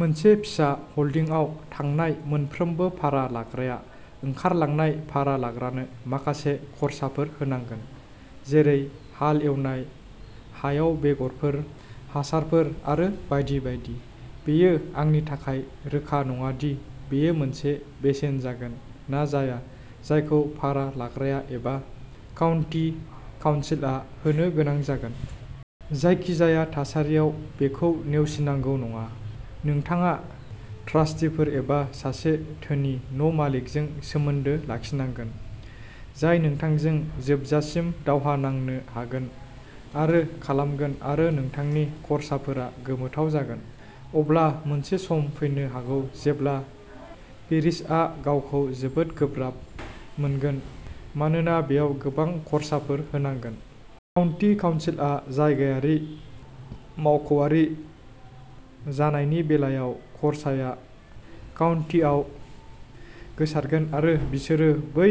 मोनसे फिसा ह'ल्डिंआव थांनाय मोनफ्रोमबो भारा लाग्राया ओंखारलांनाय भारा लाग्रानो माखासे खर्साफोर होनांगोन, जेरै हाल एवनाय, हायाव बेगरफोर, हासारफोर आरो बायदि बायदि। बेयो आंनि थाखाय रोखा नङा दि बेयो मोनसे बेसेन जागोन ना जाया जायखौ भारा लाग्राया एबा काउन्टि काउन्सिलआ होनो गोनां जागोन। जायखिजाया थासारियाव बेखौ नेवसिनांगौ नङा। नोंथाङा ट्रास्टिफोर एबा सासे धोनि न' मालिकजों सोमोन्दो लाखिनांगोन, जाय नोंथांजों जोबजासिम दावहा नांनो हागोन आरो खालामगोन आरो नोंथांनि खर्साफोरा गोमोथाव जागोन। अब्ला मोनसे सम फैनो हागौ जेब्ला पेरिसआ गावखौ जोबोद गोब्राब मोनगोन, मानोना बेयाव गोबां खर्साफोर होनांगोन। काउन्टि काउन्सिलआ जायगायारि मावख'आरि जानायनि बेलायाव खरसाया काउन्टिआव गोसारगोन आरो बिसोरो बै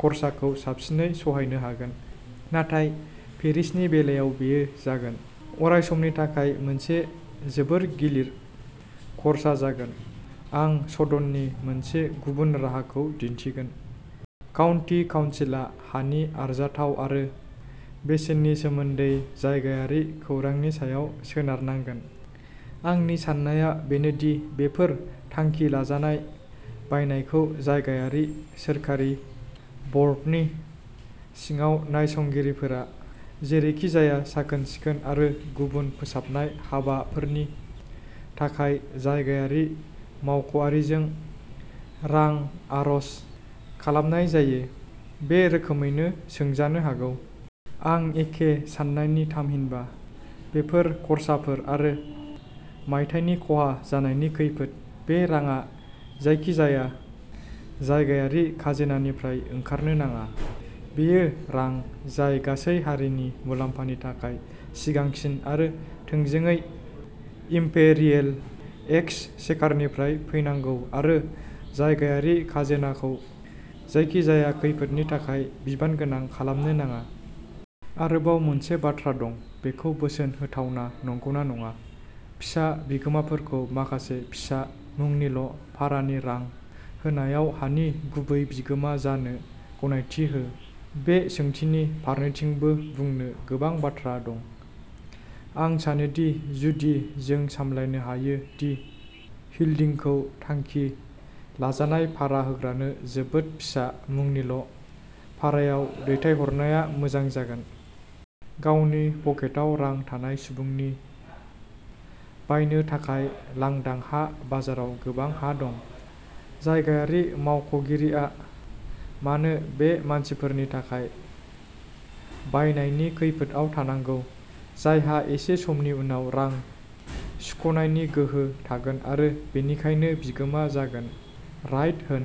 खरसाखौ साबसिनै सहायनो हागोन नाथाय पेरिसनि बेलायाव बेयो जागोन। अरायसमनि थाखाय मोनसे जोबोद गिलिर खर्सा जागोन। आं सदननि मोनसे गुबुन राहाखौ दिन्थिगोन। काउन्टि काउनसिला हानि आरजाथाव आरो बेसेननि सोमोन्दै जायगायारि खौरांनि सायाव सोनारनांगोन। आंनि साननाया बेनो दि बेफोर थांखि लाजानाय बायनायखौ जायगायारि सोरखारि बर्डनि सिङाव नायसंगिरिफोरा जेरैखिजाया साखोन-सिखोन आरो गुबुन फोसाबनाय हाबाफोरनि थाखाय जायगायारि मावख'आरिजों रां आर'ज खालामनाय जायो, बे रोखोमैनो सोंजानो हागौ। आं एखे साननायनि थामहिनबा, बेफोर खर्साफोर आरो मायथाइनि खहा जानायनि खैफोद बे राङा जायखिजाया जायगायारि खाजोनानिफ्राय ओंखारनो नाङा। बेयो रां जाय गासै हारिनि मुलाम्फानि थाखाय सिगांसिन आरो थोंजोङै इम्पेरियेल एक्सचेकारनिफ्राय फैनांगौ आरो जायगायारि खाजोनाखौ जायखिजाया खैफोदनि थाखाय बिबानगोनां खालामनो नाङा। आरोबाव मोनसे बाथ्रा दं, बेखौ बोसोन होथावना नंगौना नङा। फिसा बिगोमाफोरखौ माखासे फिसा मुंनिल' भारानि रां होनायाव हानि गुबै बिगोमा जानो गनायथि हो। बे सोंथिनि फारनैथिंबो बुंनो गोबां बाथ्रा दं। आं सानो दि जुदि जों सामलायनो हायो दि होल्डिंखौ थांखि लाजानाय भारा होग्रानो जोबोद फिसा मुंनिल' भारायाव दैथायहरनाया मोजां जागोन। गावनि पकेटाव रां थानाय सुबुंनि बायनो थाखाय लांदां हा बाजाराव गोबां हा दं। जायगायारि मावख'गिरिआ मानो बे मानसिफोरनि थाखाय बायनायनि खैफोदआव थांनांगौ, जायहा एसे समनि उनाव रां सुख'नायनि गोहो थागोन आरो बेनिखायनो बिगोमा जागोन राइट होन।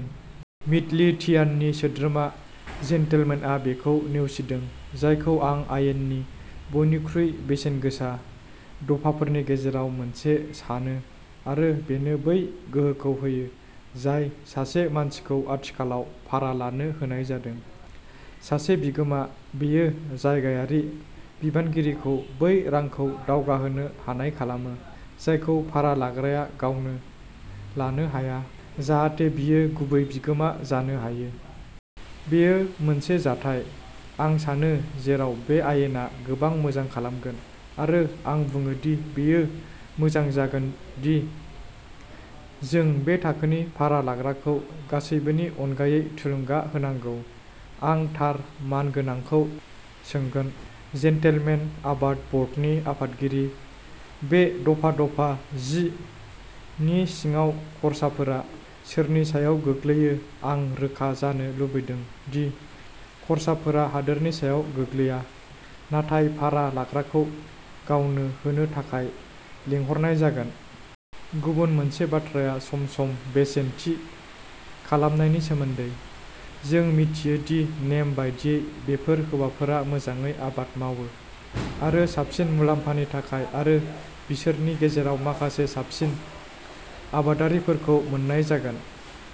मिडलोथियाननि सोद्रोमा जेनटेलमेनआ बेखौ नेवसिदों जायखौ आं आयेननि बयनिख्रुइ बेसेनगोसा दफाफोरनि गेजेराव मोनसे सानो आरो बेनो बै गोहोखौ होयो जाय सासे मानसिखौ आथिखालाव भारा लानो होनाय जादों। सासे बिगोमा। बेयो जायगायारि बिबानगिरिखौ बै रांखौ दावगाहोनो हानाय खालामो, जायखौ भारा लाग्राया गावनो लानो हाया, जाहाथे बियो गुबै बिगोमा जानो हायो। बेयो मोनसे जाथाय, आं सानो, जेराव बे आयेना गोबां मोजां खालामगोन आरो आं बुङो दि बेयो मोजां जागोन दि जों बे थाखोनि भारा लाग्राखौ गासैबोनि अनगायै थुलुंगा होनांगौ। आं थार मानगोनांखौ सोंगोन। जेन्टलमेन, आबाद बर्डनि आफादगिरि, बे दफा-दफा जि नि सिङाव खर्साफोरा सोरनि सायाव गोग्लैयो आं रोखा जानो लुबैदों दि खर्साफोरा हादोरनि सायाव गोग्लैया, नाथाय भारा लाग्राखौ गावनो होनो थाखाय लिंहरनाय जागोन। गुबुन मोनसे बाथ्राया सम-सम बेसेन थि खालामनायनि सोमोनदै। जों मिथियो दि नेम बायदियै बेफोर हौवाफोरा मोजाङै आबाद मावो आरो साबसिन मुलाम्फानि थाखाय आरो बिसोरनि गेजेराव माखासे साबसिन आबादारिफोरखौ मोन्नाय जागोन।